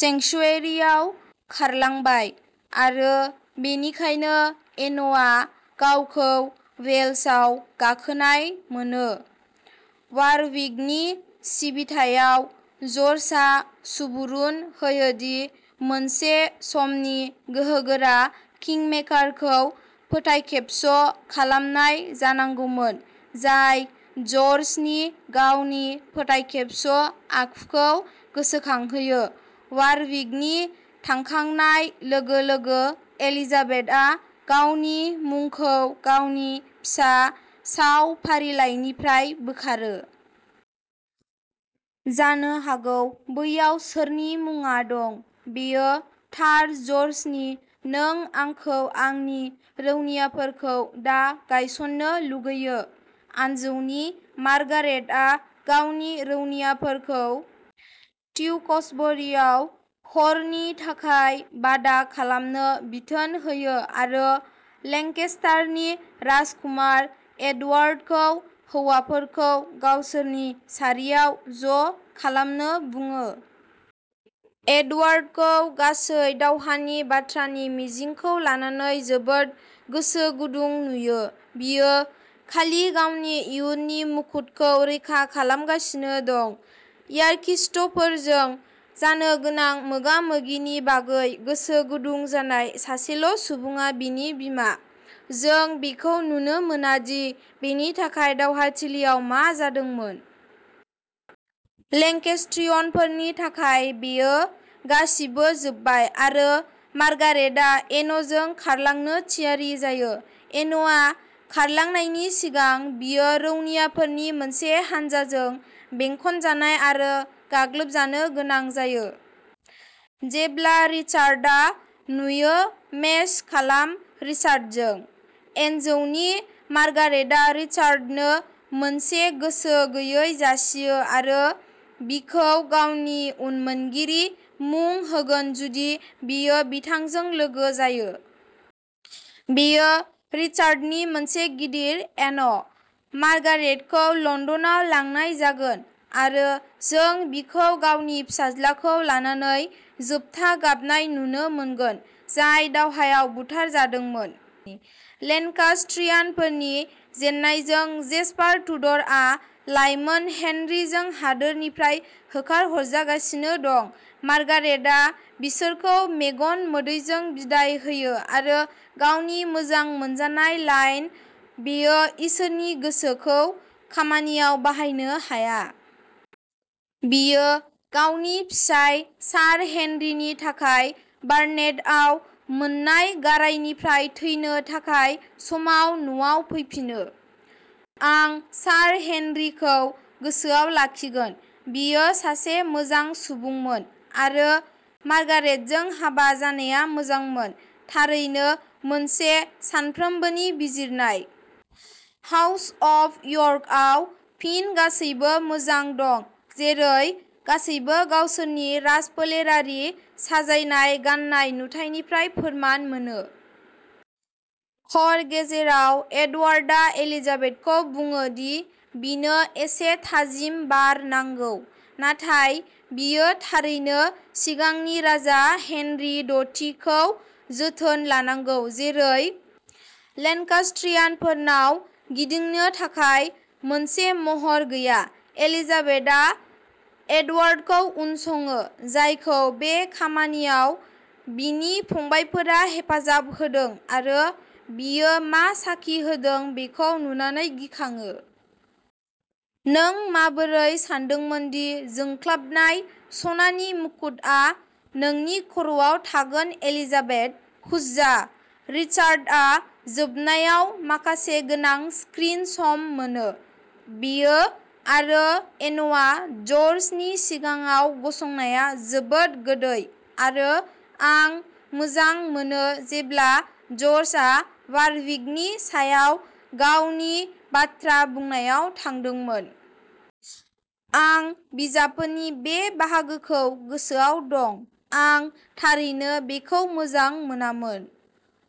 सेंक्सुयेरियाव खारलांबाय आरो बेनिखायनो एनआ गावखौ वेल्सआव गाखोनाय मोनो। वारविकनि सिबिथायाव, जर्जआ सुबुरुन होयो दि मोनसे समनि गोहोगोरा किंमेकारखौ फोथायखेबस' खालामनाय जानांगौमोन, जाय जर्जनि गावनि फोथायखेबस' आखुखौ गोसोखांहोयो। वारविकनि थांखांनाय लोगो-लोगो एलिजाबेथआ गावनि मुंखौ गावनि फिसा साव फारिलाइनिफ्राय बोखारो। जानो हागौ बैयाव सोरनि मुङा दं? बेयो थार-जर्जनि नों आंखौ आंनि रौनियाफोरखौ दा गायसननो लुगैयो? आनजौनि मार्गारेटआ गावनि रौनियाफोरखौ टिउक्सबरीआव हरनि थाखाय बादा खालामनो बिथोन होयो आरो लेंकेस्टारनि राजकुमार एडवार्डखौ हौवाफोरखौ गावसोरनि सारियाव ज' खालामनो बुङो। एडवार्डखौ गासै दावहानि बाथ्रानि मिजिंखौ लानानै जोबोद गोसो गुदुं नुयो; बियो खालि गावनि इयुननि मुकुटखौ रैखा खालामगासिनो दं। यार्किस्टफोरजों जानो गोनां मोगा-मोगिनि बागै गोसो गुदुं जानाय सासेल' सुबुङा बिनि बिमा। जों बेखौ नुनो मोना दि बेनि थाखाय दावहाथिलियाव मा जादोंमोन। लेंकेस्ट्रियनफोरनि थाखाय बेयो गासिबो जोबबाय आरो मार्गारेटआ एनजों खारलांनो थियारि जायो। एनआ खारलांनायनि सिगां, बियो रौनियाफोरनि मोनसे हानजाजों बेंखनजानाय आरो गाग्लोबजानो गोनां जायो। जेब्ला रिचार्डआ नुजायो मेस खालाम रिचार्डजों। एनजौनि मार्गारेटआ रिचार्डनो मोनसे गोसो गैयै जासियो, बियो बिखौ गावनि उनमोनगिरि मुं होगोन जुदि बियो बिथांजों लोगो जायो। बेयो रिचार्डनि मोनसे गिदिर एन अ'। मार्गारेटखौ लन्दनाव लांनाय जागोन आरो जों बिखौ गावनि फिसाज्लाखौ लानानै जोबथा गाबनाय नुनो मोनगोन, जाय दावहायाव बुथारजादोंमोन। लेन्कास्ट्रियानफोरनि जेननायजों, जेस्पार ट्यूडरआ लाइमोन हेनरीजों हादोरनिफ्राय होखारहरजागासिनो दं। मार्गारेट आ बिसोरखौ मेगन मोदैजों बिदाय होयो आरो गावनि मोजां मोनजानाय लाइन, "बेयो इसोरनि गोसो" खौ खामानियाव बाहायनो हाया। बियो गावनि फिसाय, सार हेनरीनि थाखाय बार्नेटआव मोन्नाय गारायनिफ्राय थैनो थाखाय समाव न'आव फैफिनो। आं सार हेनरीखौ गोसोआव लाखिगोन; बियो सासे मोजां सुबुंमोन, आरो मार्गारेटजों हाबा जानाया मोजांमोन। थारैनो मोनसे सानफ्रोमबोनि बिजिरनाय। हाउस अफ यर्कआव फिन गासैबो मोजां दं, जेरै गासैबो गावसोरनि राजफोलेरारि साजायनाय गाननाय नुथाइनिफ्राय फोरमान मोनो। हर गेजेराव, एडवार्डआ एलिजाबेथखौ बुङो दि बिनो एसे थाजिम बार नांगौ, नाथाय बियो थारैनो सिगांनि राजा हेनरी दथिखौ जोथोन लानांगौ, जेरै लेन्कास्ट्रियानफोरनाव गिदिंनो थाखाय मोनसे महर गैया। एलिजाबेथआ एडवार्डखौ उनसङो, जायखौ बे खामानियाव बिनि फंबायफोरा हेफाजाब होदों, आरो बियो मा साखि होदों बेखौ नुनानै गिखाङो। नों माबोरै सानदोंमोन दि जोंख्लाबनाय, सनानि मुकुतआ नोंनि खर'आव थागोन, एलिजाबेथ? हुज्जा! रिचार्डआ जोबनायाव माखासे गोनां स्क्रिन सम मोनो! बियो आरो एनआ ज'र्जनि सिगाङाव गसंनाया जोबोद गोदै, आरो आं मोजां मोनो जेब्ला जर्जआ वारविकनि सायाव गावनि बाथ्रा बुंनायाव थांदोंमोन। आं बिजाबफोरनि बे बाहागोखौ गोसोआव दं आं थारैनो बेखौ मोजां मोनामोन।